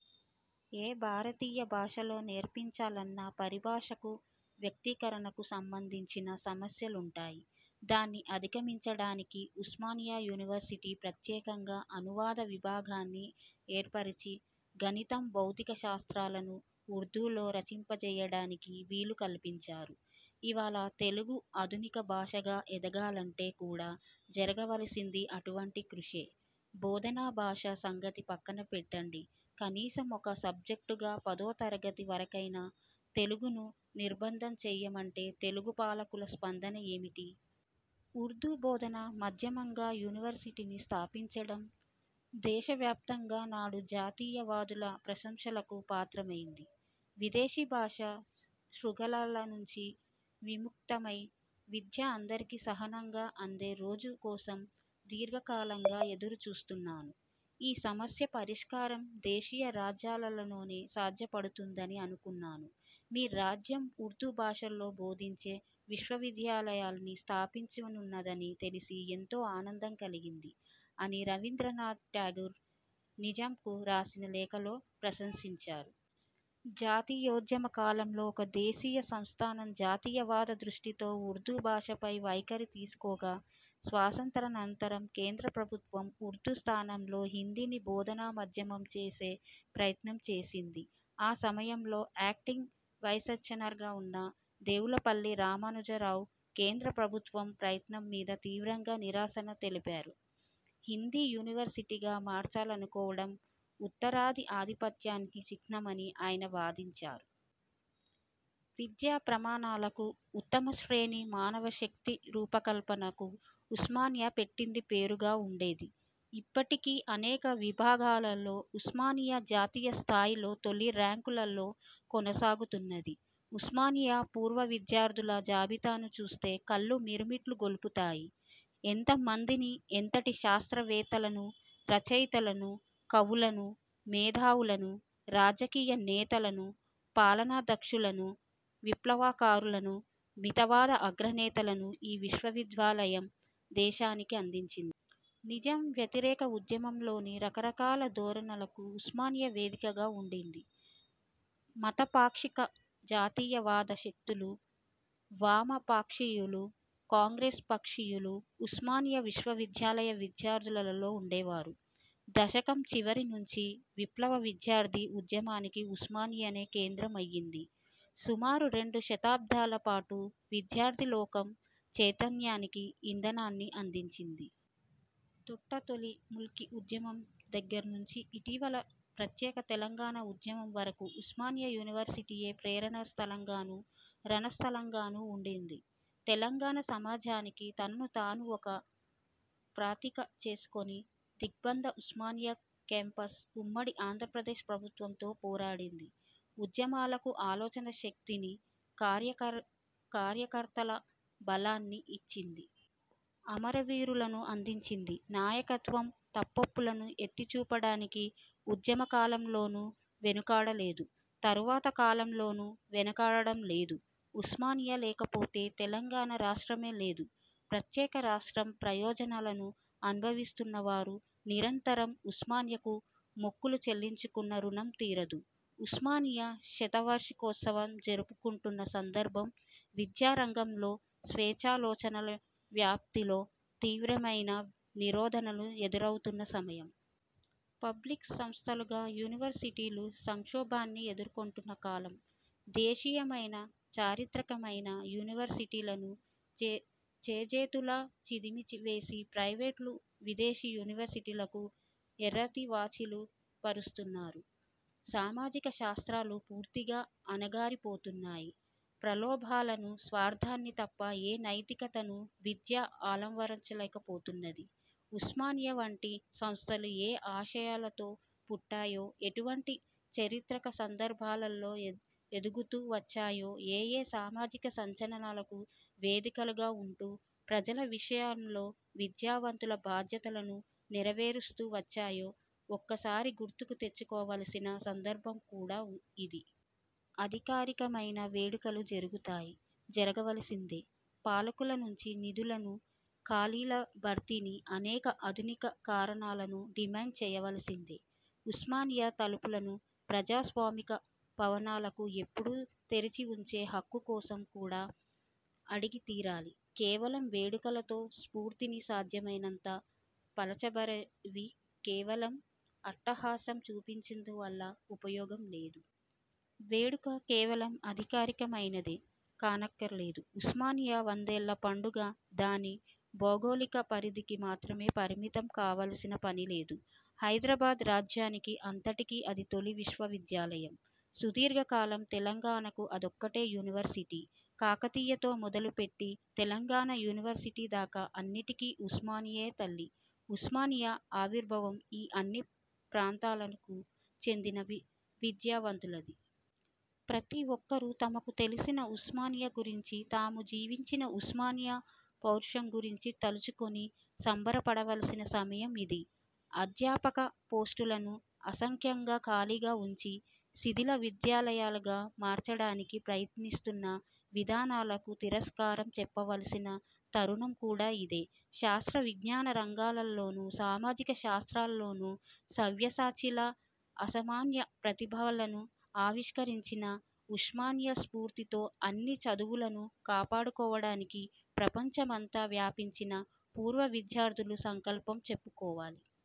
ఏ భారతీయ భాషలో నేర్పించాలన్నా పరిభాషకు, వ్యక్తీకరణకు సంబంధించిన సమస్యలుంటాయి. దాన్ని అధిగమించడానికి ఉస్మానియా యూనివర్సిటీ ప్రత్యేకంగా అనువాద విభాగాన్ని ఏర్పరచి, గణితం, భౌతిక శాస్త్రాలను ఉర్దూలో రచింపజేయడానికి వీలు కల్పించారు. ఇవాళ తెలుగు ఆధునిక భాషగా ఎదగాలంటే కూడా జరగవలసింది అటువంటి కృషే. బోధనాభాష సంగతి పక్కనపెట్టండి, కనీసం ఒక సబ్జెక్టుగా పదోతరగతి వరకైనా తెలుగును నిర్బంధం చేయమంటే తెలుగుపాలకుల స్పందన ఏమిటి? ఉర్దూ బోధనా మాధ్యమంగా యూనివర్సిటీని స్థాపించడం దేశవ్యాప్తంగా నాడు జాతీయవాదుల ప్రశంసలకు పాత్రమైంది. ''విదేశీ భాష శృంఖలాల నుంచి విముక్తమై, విద్య అందరికీ సహజంగా అందే రోజు కోసం దీర్ఘకాలంగా ఎదురుచూస్తున్నాను. ఈ సమస్య పరిష్కారం దేశీయ రాజ్యాలలోనే సాధ్యపడుతుందని అనుకున్నాను. మీ రాజ్యం ఉర్దూ భాషలో బోధించే విశ్వవిద్యాలయాన్ని స్థాపించనున్నదని తెలిసి ఎంతో ఆనందం కలిగింది'' అని రవీంద్రనాథ్ టాగూర్ నిజామ్కు రాసిన లేఖలో ప్రశంసించారు. జాతీయోద్యమ కాలంలో ఒక దేశీయ సంస్థానం జాతీయవాద దృష్టితో ఉర్దూభాషపై వైఖరి తీసుకోగా, స్వాతంత్రానంతరం కేంద్రప్రభుత్వం ఉర్దూ స్థానంలో హిందీని బోధనామాధ్యమం చేసే ప్రయత్నం చేసింది. ఆ సమయంలో యాక్టింగ్ వైస్చాన్స్లర్గా ఉన్న దేవులపల్లి రామానుజరావు కేంద్రప్రభుత్వ ప్రయత్నం మీద తీవ్రంగా నిరసన తెలిపారు. హిందీ యూనివర్సిటీగా మార్చాలనుకోవడం ఉత్తరాది ఆధిపత్యానికి చిహ్నమని ఆయన వాదించారు. విద్యాప్రమాణాలకు, ఉత్తమశ్రేణి మానవశక్తి రూపకల్పనకు ఉస్మానియా పెట్టింది పేరుగా ఉండేది. ఇప్పటికీ అనేక విభాగాలలో ఉస్మానియా జాతీయస్థాయిలో తొలిర్యాంకులలో కొనసాగుతున్నది. ఉస్మానియా పూర్వవిద్యార్థుల జాబితాను చూస్తే కళ్లు మిరుమిట్లు గొల్పుతాయి. ఎంతమందిని, ఎంతటి శాస్త్రవేత్తలను, రచయితలను, కవులను, మేధావులను, రాజకీయనేతలను, పాలనాదక్షులను, విప్లవకారులను, మితవాద అగ్రనేతలను ఈ విశ్వవిద్యాలయం దేశానికి అందించింది! నిజాం వ్యతిరేక ఉద్యమంలోని రకరకాల ధోరణలకు ఉస్మానియా వేదికగా ఉండింది. మతపాక్షిక జాతీయవాద శక్తులు, వామపక్షీయులు, కాంగ్రెస్ పక్షీయులు ఉస్మానియా విశ్వవిద్యాలయ విద్యార్థులలో ఉండేవారు. దశకం చివరినుంచి విప్లవవిద్యార్థి ఉద్యమానికి ఉస్మానియానే కేంద్రం అయింది. సుమారు రెండు దశాబ్దాల పాటు విద్యార్థిలోకం చైతన్యానికి ఇంధనాన్ని అందించింది. తొట్టతొలి ముల్కీ ఉద్యమం దగ్గరనుంచి ఇటీవలి ప్రత్యేక తెలంగాణ ఉద్యమం వరకు ఉస్మానియా యూనివర్సిటీయే ప్రేరణ స్థలంగానూ, రణస్థలంగానూ ఉండింది. తెలంగాణ సమాజానికి తనను తాను ఒక ప్రతీక చేసుకుని, దిగ్బంధ ఉస్మానియా కేంపస్ ఉమ్మడి ఆంధ్రప్రదేశ్ ప్రభుత్వంతో పోరాడింది. ఉద్యమాలకు ఆలోచనాశక్తిని, కార్య కార్యకర్తల బలాన్ని ఇచ్చింది. అమరవీరులనూ అందించింది. నాయకత్వం తప్పొప్పులను ఎత్తిచూపడానికి ఉద్యమకాలంలోనూ వెనుకాడలేదు, తరువాత కాలంలోనూ వెనుకాడడంలేదు. ఉస్మానియా లేకపోతే తెలంగాణ రాష్ట్రమే లేదు. ప్రత్యేకరాష్ట్రం ప్రయోజనాలను అనుభవిస్తున్నవారు నిరంతరం ఉస్మానియాకు మొక్కులు చెల్లించుకున్నా రుణం తీరదు. ఉస్మానియా శతవార్షికోత్సవం జరుపుకుంటున్న సందర్భం విద్యారంగంలో, స్వేచ్ఛాలోచనల వ్యాప్తిలో తీవ్రమయిన నిరోధానాలు ఎదురవుతున్న సమయం. పబ్లిక్ సంస్థలుగా యూనివర్సిటీలు సంక్షోభాన్ని ఎదుర్కొంటున్న కాలం. దేశీయమైన, చారిత్రకమయిన యూనివర్సిటీలను చేజేతులా చిదిమివేసి, ప్రైవేటు, విదేశీ యూనివర్సిటీలకు ఎర్రతివాచీలు పరుస్తున్నారు. సామాజికశాస్త్రాలు పూర్తిగా అణగారిపోతున్నాయి. ప్రలోభాలను, స్వార్థాన్ని తప్ప ఏ నైతికతనూ విద్య అలవర్చలేకపోతున్నది. ఉస్మానియా వంటి సంస్థలు ఏ ఆశయాలతో పుట్టాయో, ఎటువంటి చారిత్రక సందర్భాలలో ఎదుగుతూ వచ్చాయో, ఏ ఏ సామాజిక సంచలనాలకు వేదికలుగా ఉంటూ, ప్రజల విషయంలో విద్యావంతుల బాధ్యతలను నెరవేరుస్తూ వచ్చాయో ఒకసారి గుర్తుకు తెచ్చుకోవలసిన సందర్భం కూడా ఇది. అధికారికమైన వేడుకలు జరుగుతాయి. జరగవలసిందే. పాలకులనుంచి నిధులను, ఖాళీల భర్తీని, అనేక ఆధునికీకరణలను డిమాండ్ చేయవలసిందే. ఉస్మానియా తలుపులను ప్రజాస్వామిక పవనాలకు ఎప్పుడూ తెరచి ఉంచే హక్కు కోసం కూడా అడిగి తీరాలి. కేవలం వేడుకలతో, స్ఫూర్తిని సాధ్యమైనంత పలచబరచి, కేవలం అట్టహాసం చూపినందువల్ల ఉపయోగం లేదు. వేడుక కేవలం అధికారికమైనదే కానక్కరలేదు. ఉస్మానియా వందేళ్ల పండుగ దాని భౌగోళిక పరిధికి మాత్రమే పరిమితం కావలసిన పనిలేదు. హైదరాబాద్ రాజ్యానికి అంతటికీ అది తొలి విశ్వవిద్యాలయం. సుదీర్ఘకాలం తెలంగాణకు అదొక్కటే యూనివర్సిటీ. కాకతీయతో మొదలుపెట్టి, తెలంగాణ యూనివర్సిటీ దాకా అన్నిటికీ ఉస్మానియాయే తల్లి. ఉస్మానియా ఆవిర్భావం ఈ అన్ని ప్రాంతాలకు చెందినవి విద్యావంతులదీ. ప్రతి ఒక్కరూ తమకు తెలిసిన ఉస్మానియా గురించి, తాము జీవించిన ఉస్మానియా పార్శ్వం గురించీ తలచుకుని సంబరపడవలసిన సమయం ఇది. అధ్యాపక పోస్టులను అసంఖ్యాకంగా ఖాళీగా ఉంచి, శిథిల విద్యాలయంగా మార్చడానికి ప్రయత్నిస్తున్న విధానాలకు తిరస్కారం చెప్పవలసిన తరుణం కూడా ఇదే. శాస్త్రవిజ్ఞాన రంగాలలోను, సామాజిక శాస్త్రాలలోను సవ్యసాచిలా అసామాన్య ప్రతిభలను ఆవిష్కరించిన ఉస్మానియా స్ఫూర్తితో, అన్ని చదువులను కాపాడుకోవడానికి ప్రపంచమంతా వ్యాపించిన పూర్వవిద్యార్థులు సంకల్పం చెప్పుకోవాలి.